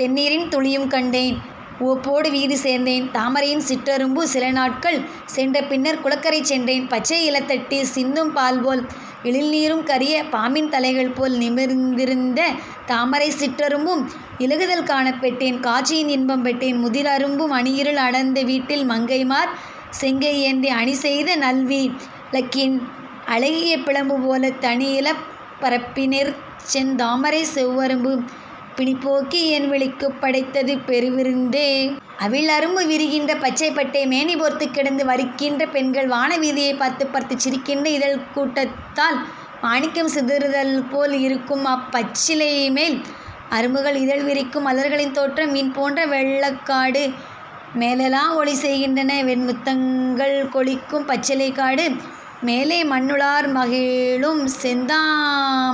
தெண்ணீரின் துளியும் கண்டேன் உவப்போடு வீடு சேர்ந்தேன். தாமரையின் சிற்றரும்பு சிலநாட்கள் சென்ற பின்னர்க் குளக்கரை சென்றேன்! பச்சை இலத்தட்டில் சிந்தும் பால்போல் எழில்நீரும், கரிய பாம்பின் தலைகள்போல் நிமிர்ந் திருந்த தாமரைச் சிற்ற ரும்பும் இலகுதல் காணப் பெற்றேன்; காட்சியின் இன்பம் பெற்றேன். முதிர் அரும்பு மணிஇருள் அடர்ந்த வீட்டில் மங்கைமார், செங்கை ஏந்தி, அணிசெய்த நல்வி ளக்கின் அழகிய பிழம்பு போலத் தணிஇலைப் பரப்பி னிற்செந் தாமரைச் செவ்வ ரும்பு பிணிபோக்கி என்வி ழிக்குப் படைத்தது பெருவி ருந்தே! அவிழ் அரும்பு விரிகின்ற பச்சைப் பட்டை மேனிபோர்த் துக் கிடந்து வரிக்கின்ற பெண்கள், வான வீதியைப் பார்த்துப் பார்த்துச் சிரிக்கின்ற இதழ்க்கூட் டத்தால் மாணிக்கம் சிதறு தல்போல் இருக்கும்அப் பச்சி லைமேல் அரும்புகள் இதழ்வி ரிக்கும்! மலர்களின் தோற்றம் விண்போன்ற வெள்ளக் காடு, மேலெலாம் ஒளிசெய் கின்ற வெண்முத்தங் கள்கொழிக்கும் பச்சிலைக் காடு, மேலே மண்ணுளார் மகிழும் செந்தா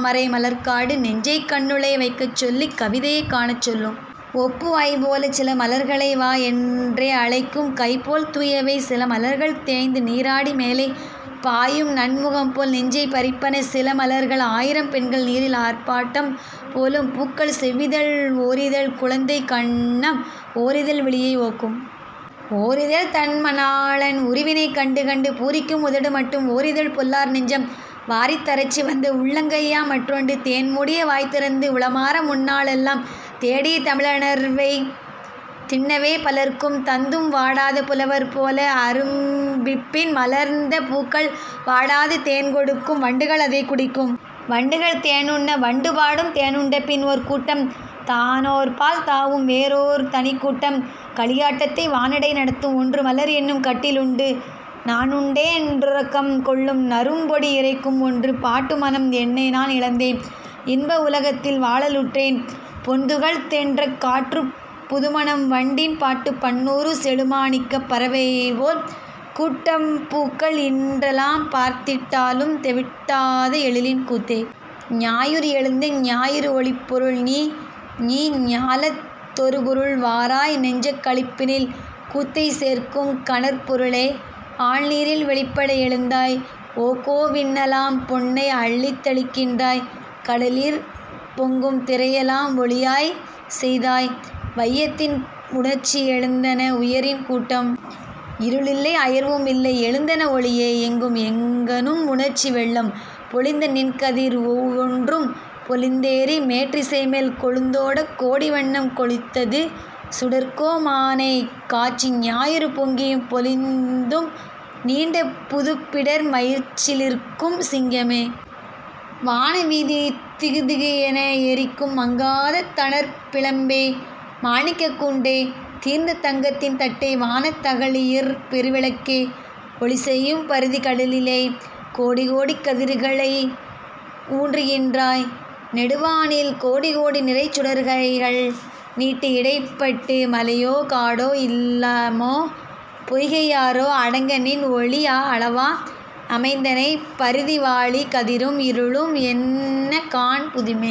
மரைமலர்க் காடு, நெஞ்சைக் கண்ணுளே வைக்கச் சொல்லிக் கவிதையைக் காணச் சொல்லும். ஒப்பு வாய்போலச் சிலம லர்கள்! 'வா' என்றே அழைக்கும் கைபோல் தூயவை சிலம லர்கள்! தோய்ந்துநீ ராடி மேலே பாயும்நன் முகம்போல் நெஞ்சைப் பறிப்பன சிலம லர்கள்! ஆயிரம் பெண்கள் நீரில் ஆர்ப்பாட்டம் போலும் பூக்கள்! செவ்விதழ் ஓரிதழ் குழந்தை கன்னம்! ஓரிதழ் விழியை ஒக்கும்! ஓரிதழ் தன்ம ணாளன் உருவினைக் கண்டு கண்டு பூரிக்கும் உதடு! மற்றும் ஓரிதழ் பொல்லார் நெஞ்சம்! வாரித் தரச்சி வந்த உள்ளங்கை யாம் மற்றொன்று! தேன் மூடிய வாய்தி றந்து உளமார முன்னா ளெல்லாம் தேடிய தமிழு ணர்வைத் தின்னவே பலர்க்கும் தந்தும் வாடாத புலவர் போலே அரும்பிப்பின் மலர்ந்த பூக்கள் வாடாது தேன்கொ டுக்கும் வண்டுகள் அதைக் குடிக்கும்! வண்டுகள் தேனுண்ண, வண்டு பாடும்! தேனுண்டபின், ஓர் கூட்டம் தானோர்பால் தாவும்! வேறோர் தனிக்கூட்டம் களியாட்டத்தை வானிடை நடத்தும்! ஒன்று மலர் என்னும் கட்டி லுண்டு நானுண்டென் றுறக்கம் கொள்ளும் நறும்பொடி இறைக்கும் ஒன்று. பாட்டு, மணம் என்னைநான் இழந்தேன்; இன்ப உலகத்தில் வாழ லுற்றேன் பொன்துகள், தென்றற் காற்றுப், புதுமணம், வண்டின் பாட்டுப், பன்னூறு செழுமா ணிக்கப் பறவைபோல் கூட்டப் பூக்கள் இன்றெலாம் பார்த்திட் டாலும் தெவிட்டாத எழிலின் கூத்தே!. ஞாயிறு எழுந்த ஞாயிறு ஒளிப்பொருள் நீ! நீ ஞாலத் தொருபொருள், வாராய்! நெஞ்சக் களிப்பினில் கூத்தைச் சேர்க்கும் கனற் பொரு ளே, ஆழ் நீரில் வெளிப்பட எழுந்தாய்; ஓகோ விண்ணெலாம் பொன்னை அள்ளித் தெளிக்கின்றாய்; கடலிற் பொங்கும் திரையெலாம் ஒளியாய்ச் செய்தாய். வையத்தின் உணர்ச்சி எழுந்தன உயிரின் கூட்டம்! இருள் இல்லை அயர்வும் இல்ல! எழுந்தன ஒளியே, எங்கும்! எங்கணும் உணர்ச்சி வெள்ளம் பொழிந்தநின் கதிர் ஒவ் வொன்றும் பொலிந் தேறி, மேற்றி சைமேல் கொழுந்தோடக் கோடி வண்ணம் கொழித்தது சுடர்க்கோ மானே! காட்சி ஞாயிறு பொங்கியும் பொலிந்தும் நீண்ட புதுப்பிடர் மயிர்சி லிர்க்கும் சிங்கமே! வான வீதி திகு திகு என எரிக்கும் மங்காத தணற்பி ழம்பே! மாணிக்கக் குன்றே! தீர்ந்த தங்கத்தின் தட்டே! வானத் தகளியிற் பெருவிளக்கே! ஒளிசெய்யும் பரிதி கடலிலே கோடி கோடிக் கதிர்க்கைகள் ஊன்றுகின்றாய்! நெடுவானில் கோடி கோடி நிறைசுடர்க் கைகள் நீட்டி இடைப்படு மலையோ காடோ இல்லமோ பொய்கை ஆறோ அடங்கநின் ஒளிஅ ளவா அமைந்தனை! பரிதி வாழி! கதிரும் இருளும் என்னகாண் புதுமை!